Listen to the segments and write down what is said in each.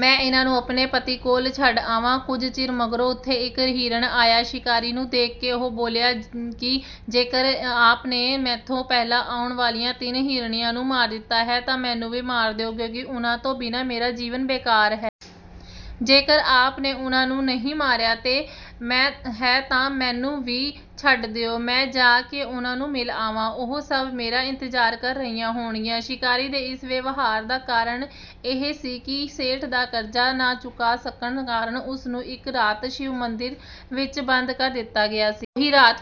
ਮੈਂ ਇਨ੍ਹਾਂ ਨੂੰ ਆਪਣੇ ਪਤੀ ਕੋਲ ਛੱਡ ਆਵਾਂ। ਕੁਝ ਚਿਰ ਮਗਰੋਂ ਉਥੇ ਇੱਕ ਹਿਰਨ ਆਇਆ ਸ਼ਿਕਾਰੀ ਨੂੰ ਦੇਖ ਕੇ ਉਹ ਬੋਲਿਆ ਕਿ ਜੇਕਰ ਆਪ ਨੇ ਮੈਥੋਂ ਪਹਿਲਾਂ ਆਉਣ ਵਾਲੀਆਂ ਤਿੰਨ ਹਿਰਨੀਆਂ ਨੂੰ ਮਾਰ ਦਿੱਤਾ ਹੈ ਤਾਂ ਮੈਨੂੰ ਵੀ ਮਾਰ ਦਿਓ ਕਿਉਂਕਿ ਉਨ੍ਹਾਂ ਤੋਂ ਬਿਨਾਂ ਮੇਰਾ ਜੀਵਨ ਬੇਕਾਰ ਹੈ। ਜੇਕਰ ਆਪ ਨੇ ਉਨ੍ਹਾਂ ਨੂੰ ਨਹੀਂ ਮਾਰਿਆ ਹੈ ਤਾਂ ਮੈਨੂੰ ਵੀ ਛੱਡ ਦਿਓ, ਮੈਂ ਜਾ ਕੇ ਉਨ੍ਹਾਂ ਨੂੰ ਮਿਲ ਆਵਾਂ, ਉਹ ਸਭ ਮੇਰਾ ਇੰਤਜ਼ਾਰ ਕਰ ਰਹੀਆਂ ਹੋਣਗੀਆਂ। ਸ਼ਿਕਾਰੀ ਦੇ ਇਸ ਵਿਵਹਾਰ ਦਾ ਕਾਰਨ ਇਹ ਸੀ ਕਿ ਸੇਠ ਦਾ ਕਰਜ਼ਾ ਨਾ ਚੁਕਾ ਸਕਣ ਕਾਰਨ ਉਸ ਨੂੰ ਇੱਕ ਰਾਤ ਸ਼ਿਵ ਮੰਦਿਰ ਵਿੱਚ ਬੰਦ ਕਰ ਦਿੱਤਾ ਗਿਆ ਸੀ। ਉਹ ਰਾਤ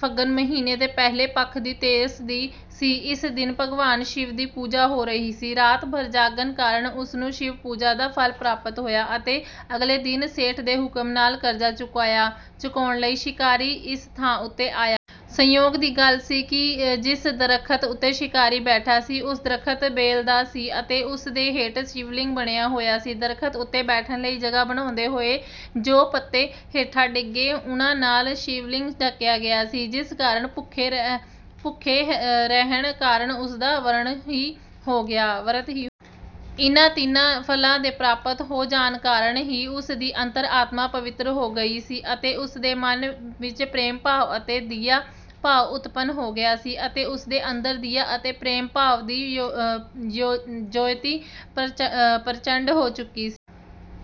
ਫੱਗਣ ਮਹੀਨੇ ਦੇ ਪਹਿਲੇ ਪੱਖ ਦੀ ਤੇਰਸ ਦੀ ਸੀ। ਇਸ ਦਿਨ ਭਗਵਾਨ ਸ਼ਿਵ ਦੀ ਪੂਜਾ ਹੋ ਰਹੀ ਸੀ। ਰਾਤ ਭਰ ਜਾਗਣ ਕਾਰਨ ਉਸ ਨੂੰ ਸ਼ਿਵ ਪੂਜਾ ਦਾ ਫਲ ਪ੍ਰਾਪਤ ਹੋਇਆ ਅਤੇ ਅਗਲੇ ਦਿਨ ਸੇਠ ਦੇ ਹੁਕਮ ਨਾਲ ਕਰਜ਼ਾ ਚੁਕਾਉਣ ਲਈ ਸ਼ਿਕਾਰੀ ਇਸ ਥਾਂ ਉੱਤੇ ਆਇਆ। ਸੰਯੋਗ ਦੀ ਗੱਲ ਸੀ ਕਿ ਜਿਸ ਦਰੱਖਤ ਉੱਤੇ ਸ਼ਿਕਾਰੀ ਬੈਠਾ ਸੀ, ਉਹ ਦਰੱਖਤ ਬੇਲ ਦਾ ਸੀ ਅਤੇ ਉਸ ਦੇ ਹੇਠ ਸ਼ਿਵਲਿੰਗ ਬਣਿਆ ਹੋਇਆ ਸੀ। ਦਰੱਖਤ ਉੱਤੇ ਬੈਠਣ ਲਈ ਜਗ੍ਹਾ ਬਣਾਉਂਦੇ ਹੋਏ ਜੋ ਪੱਤੇ ਹੇਠਾਂ ਡਿੱਗੇ, ਉਨ੍ਹਾਂ ਨਾਲ ਸ਼ਿਵਲਿੰਗ ਢਕਿਆ ਗਿਆ ਸੀ, ਜਿਸ ਕਾਰਨ ਭੁੱਖੇ ਰਹਿਣ ਕਾਰਨ ਉਸ ਦਾ ਵਰਤ ਵੀ ਹੋ ਗਿਆ। ਇਨ੍ਹਾਂ ਤਿੰਨਾਂ ਫਲਾਂ ਦੇ ਪ੍ਰਾਪਤ ਹੋ ਜਾਣ ਕਾਰਨ ਹੀ ਉਸ ਦੀ ਅੰਤਰ-ਆਤਮਾ ਪਵਿੱਤਰ ਹੋ ਗਈ ਸੀ ਅਤੇ ਉਸ ਦੇ ਮਨ ਵਿੱਚ ਪ੍ਰੇਮ ਭਾਵ ਅਤੇ ਦਿਆ ਭਾਵ ਉਤਪੰਨ ਹੋ ਗਿਆ ਸੀ ਅਤੇ ਉਸ ਦੇ ਅੰਦਰ ਦਿਆ ਅਤੇ ਪ੍ਰੇਮ ਭਾਵ ਦੀ ਜਯੋਤੀ ਪ੍ਰਚੰਡ ਹੋ ਚੁੱਕੀ ਸੀ।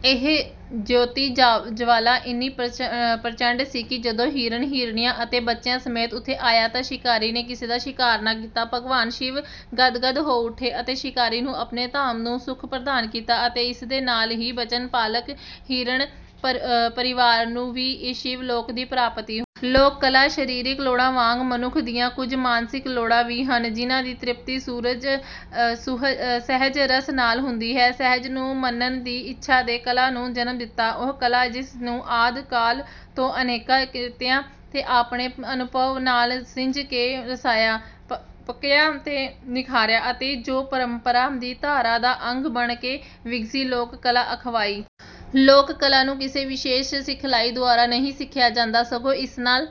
ਇਹ ਜਯੋਤੀ ਜਵਾਲਾ ਇੰਨੀ ਪ੍ਰਚੰਡ ਸੀ ਕਿ ਜਦੋਂ ਹਿਰਨ ਹਿਰਨੀਆਂ ਅਤੇ ਬੱਚਿਆਂ ਸਮੇਤ ਉਥੇ ਆਇਆ ਤਾਂ ਸ਼ਿਕਾਰੀ ਨੇ ਕਿਸੇ ਦਾ ਵੀ ਸ਼ਿਕਾਰ ਨਾ ਕੀਤਾ। ਭਗਵਾਨ ਸ਼ਿਵ ਗਦ-ਗਦ ਹੋ ਉੱਠੇ ਅਤੇ ਸ਼ਿਕਾਰੀ ਨੂੰ ਆਪਣੇ ਧਾਮ ਦਾ ਸੁੱਖ ਪ੍ਰਦਾਨ ਕੀਤਾ ਅਤੇ ਇਸ ਦੇ ਨਾਲ ਹੀ ਬਚਨ ਪਾਲਕ ਹਿਰਨ ਪਰਿਵਾਰ ਨੂੰ ਵੀ ਸ਼ਿਵ ਲੋਕ ਦੀ ਪ੍ਰਾਪਤੀ ਹੋਈ। ਲੋਕ ਕਲਾ ਸਰੀਰਕ ਲੋੜਾਂ ਵਾਂਗ, ਮਨੁੱਖ ਦੀਆਂ ਕੁਝ ਮਾਨਸਿਕ ਲੋੜਾਂ ਵੀ ਹਨ, ਜਿਨ੍ਹਾਂ ਦੀ ਤ੍ਰਿਪਤੀ ਸੁਹਜ ਰਸ ਨਾਲ ਹੁੰਦੀ ਹੈ। ਸੁਹਜ ਨੂੰ ਮਾਨਣ ਦੀ ਇੱਛਾ ਨੇ ਕਲਾ ਨੂੰ ਜਨਮ ਦਿੱਤਾ। ਉਹ ਕਲਾ, ਜਿਸ ਨੂੰ ਆਦਿ ਕਾਲ ਤੋਂ ਅਨੇਕਾਂ ਕਿਰਤੀਆਂ ਨੇ ਆਪਣੇ ਅਨੁਭਵ ਨਾਲ ਸਿੰਜ ਕੇ ਰਸਾਇਆ, ਪਕਾਇਆ ਤੇ ਨਿਖਾਰਿਆ ਅਤੇ ਜੋ ਪਰੰਪਰਾਂ ਦੀ ਧਾਰਾ ਦਾ ਅੰਗ ਬਣ ਕੇ ਵਿਗਸੀ, ਲੋਕ ਕਲਾ ਅਖਵਾਈ। ਲੋਕ ਕਲਾ ਨੂੰ ਕਿਸੇ ਵਿਸ਼ੇਸ ਸਿਖਲਾਈ ਦੁਆਰਾ ਨਹੀਂ ਸਿੱਖਿਆ ਜਾਂਦਾ ਸਗੋਂ ਇਸ ਨਾਲ